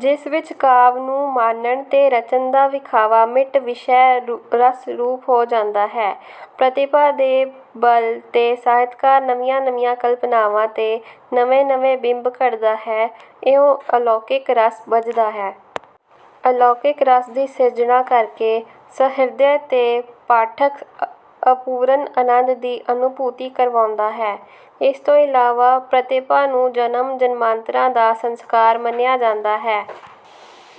ਜਿਸ ਵਿੱਚ ਕਾਵਿ ਨੂੰ ਮਾਨਣ ਤੇ ਰਚਨ ਦਾ ਵਿਖਾਵਾ ਮਿਟ ਵਿਸ਼ੈ ਰਸ ਰੂਪ ਹੋ ਜਾਂਦਾ ਹੈ। ਪ੍ਰਤਿਭਾ ਦੇ ਬਲ ਤੇ ਸਾਹਿਤਕਾਰ ਨਵੀਆਂ ਨਵੀਆਂ ਕਲਪਨਾਵਾਂ ਤੇ ਨਵੇਂ-ਨਵੇਂ ਬਿੰਬ ਘੜਦਾ ਹੈ। ਇਉਂ ਅਲੌਕਿਕ ਰਸ ਬੱਝਦਾ ਹੈ। ਅਲੌਕਿਕ ਰਸ ਦੀ ਸਿਰਜਣਾ ਕਰਕੇ ਸਹ੍ਰਿਦਯ ਤੇ ਪਾਠਕ ਅਪੂਰਨ ਅਨੰਦ ਦੀ ਅਨੁਭੂਤੀ ਕਰਵਾਉਂਦਾ ਹੈ। ਇਸ ਤੋਂ ਇਲਾਵਾ ਪ੍ਰਤਿਭਾ ਨੂੰ ਜਨਮ ਜਨਮਾਂਤਰਾਂ ਦਾ ਸੰਸਕਾਰ ਮੰਨਿਆ ਜਾਂਦਾ ਹੈ।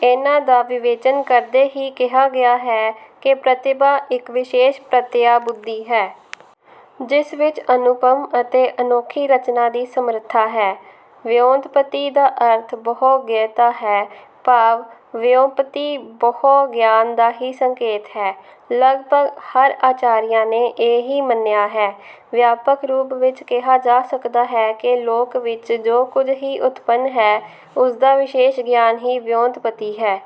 ਇਹਨਾਂ ਦਾ ਵਿਵੇਚਨ ਕਰਦੇ ਹੀ ਕਿਹਾ ਗਿਆ ਹੈ ਕਿ ਪ੍ਰਤਿਭਾ ਇੱਕ ਵਿਸ਼ੇਸ਼ ਪ੍ਰਤਿਆ ਬੁੱਧੀ ਹੈ। ਜਿਸ ਵਿੱਚ ਅਨੁਪਮ ਅਤੇ ਅਨੋਖੀ ਰਚਨਾ ਦੀ ਸਮਰੱਥਾ ਹੈ। ਵਿਉਂਤਪਤੀ ਦਾ ਅਰਥ ਬਹੁ-ਗਯਤਾ ਹੈ। ਭਾਵ ਵਿਉਂਪਤੀ ਬਹੁ-ਗਿਆਨ ਦਾ ਹੀ ਸੰਕੇਤ ਹੈ। ਲਗਭਗ ਹਰ ਆਚਾਰੀਆਂ ਨੇ ਇਹ ਹੀ ਮੰਨਿਆ ਹੈ। ਵਿਆਪਕ ਰੂਪ ਵਿੱਚ ਕਿਹਾ ਜਾ ਸਕਦਾ ਹੈ ਕਿ ਲੋਕ ਵਿੱਚ ਜੋ ਕੁੱਝ ਹੀ ਉਤਪਨ ਹੈ, ਉਸਦਾ ਵਿਸ਼ੇਸ਼ ਗਿਆਨ ਹੀ ਵਿਉਂਤਪਤੀ ਹੈ।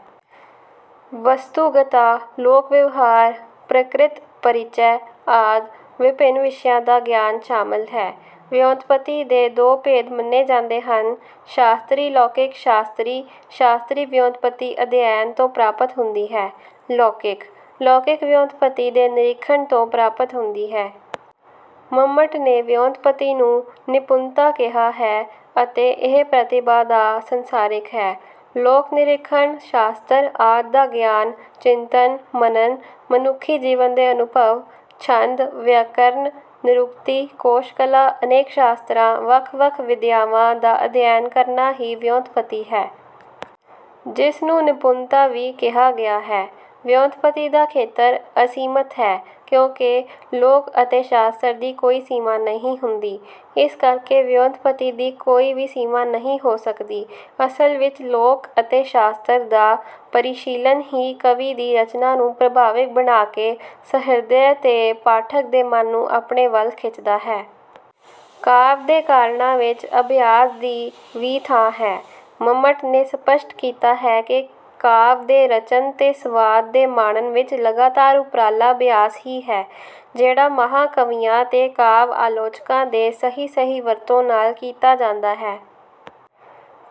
ਵਸਤੂਗਤਾ, ਲੋਕ ਵਿਵਹਾਰ, ਪ੍ਰਕ੍ਰਿਤ ਪਰਿਚੈ ਆਦਿ ਵਿਭਿੰਨ ਵਿਸ਼ਿਆਂ ਦਾ ਗਿਆਨ ਸ਼ਾਮਲ ਹੈ। ਵਿਉਂਤਪਤੀ ਦੇ ਦੋ ਭੇਦ ਮੰਨੇ ਜਾਂਦੇ ਹਨ। ਸ਼ਾਸਤਰੀ ਲੌਕਿਕ ਸ਼ਾਸਤਰੀ: ਸ਼ਾਸਤਰੀ ਵਿਉਂਤਪਤੀ ਅਧਿਐਨ ਤੋਂ ਪ੍ਰਾਪਤ ਹੁੰਦੀ ਹੈ। ਲੌਕਿਕ: ਲੌਕਿਕ ਵਿਉਂਤਪਤੀ ਦੇ ਨਿਰੀਖਣ ਤੋਂ ਪ੍ਰਾਪਤ ਹੁੰਦੀ ਹੈ। ਮੰਮਟ ਨੇ ਵਿਉਂਤਪਤੀ ਨੂੰ ਨਿਪੁਨਤਾ ਕਿਹਾ ਹੈ ਅਤੇ ਇਹ ਪ੍ਰਤਿਭਾ ਦਾ ਸੰਸਾਰਿਕ ਹੈ। ਲੋਕ ਨਿਰੀਖਣ, ਸ਼ਾਸਤਰ ਆਦਿ ਦਾ ਗਿਆਨ, ਚਿੰਤਨ, ਮਨਨ, ਮਨੁੱਖੀ ਜੀਵਨ ਦੇ ਅਨੁਭਵ, ਛੰਦ, ਵਿਅਕਰਨ, ਨਿਰੁਕਤੀ, ਕੋਸ਼ ਕਲਾ ਅਨੇਕ ਸ਼ਾਸਤਰਾਂ, ਵੱਖ-ਵੱਖ ਵਿਦਿਆਵਾਂ ਦਾ ਅਧਿਐਨ ਕਰਨਾ ਹੀ ਵਿਉਂਤਪਤੀ ਹੈ। ਜਿਸ ਨੂੰ ਨਿਪੁੰਨਤਾ ਵੀ ਕਿਹਾ ਗਿਆ ਹੈ। ਵਿਉਂਤਪਤੀ ਦਾ ਖੇਤਰ ਅਸੀਮਤ ਹੈ, ਕਿਉਂਕਿ ਲੋਕ ਅਤੇ ਸ਼ਾਸਤਰ ਦੀ ਕੋਈ ਸੀਮਾ ਨਹੀਂ ਹੁੰਦੀ। ਇਸ ਕਰਕੇ ਵਿਉਂਤਪਤੀ ਦੀ ਕੋਈ ਵੀ ਸੀਮਾ ਨਹੀਂ ਹੋ ਸਕਦੀ। ਅਸਲ ਵਿੱਚ ਲੋਕ ਅਤੇ ਸ਼ਾਸਤਰ ਦਾ ਪਰਿਸ਼ੀਲਨ ਹੀ ਕਵੀ ਦੀ ਰਚਨਾ ਨੂੰ ਪ੍ਰਭਾਵਿਕ ਬਣਾ ਕੇ ਸਹ੍ਰਿਦਯ ਤੇ ਪਾਠਕ ਦੇ ਮਨ ਨੂੰ ਆਪਣੇ ਵੱਲ ਖਿੱਚਦਾ ਹੈ। ਕਾਵਿ ਦੇ ਕਾਰਣਾਂ ਵਿੱਚ ਅਭਿਆਸ ਦੀ ਵੀ ਥਾਂ ਹੈ। ਮੰਮਟ ਨੇ ਸਪੱਸ਼ਟ ਕੀਤਾ ਹੈ ਕਿ ਕਾਵਿ ਦੇ ਰਚਨ ਤੇ ਸਵਾਦ ਦੇ ਮਾਣਨ ਵਿੱਚ ਲਗਾਤਾਰ ਉਪਰਾਲਾ ਅਭਿਆਸ ਹੀ ਹੈ। ਜਿਹੜਾ ਮਹਾਂ ਕਵੀਆਂ ਤੇ ਕਾਵਿ ਆਲੋਚਕਾਂ ਦੇ ਸਹੀ-ਸਹੀ ਵਰਤੋਂ ਨਾਲ ਕੀਤਾ ਜਾਂਦਾ ਹੈ।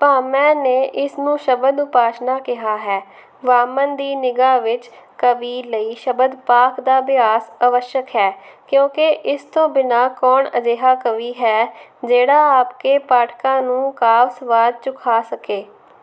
ਭਾਮਹ ਨੇ ਇਸ ਨੂੰ ਸ਼ਬਦ ਉਪਾਸ਼ਨਾ ਕਿਹਾ ਹੈ। ਵਾਮਨ ਦੀ ਨਿਗ੍ਹਾ ਵਿੱਚ ਕਵੀ ਲਈ ਸ਼ਬਦ ਪਾਕ ਦਾ ਅਭਿਆਸ ਅਵੱਸ਼ਕ ਹੈ। ਕਿਉਂਕਿ ਇਸ ਤੋਂ ਬਿਨਾਂ ਕੌਣ ਅਜਿਹਾ ਕਵੀ ਹੈ, ਜਿਹੜਾ ਆਪਣੇ ਪਾਠਕਾਂ ਨੂੰ 'ਕਾਵਿ ਸਵਾਦ ਚੁਖਾ ਸਕੇ।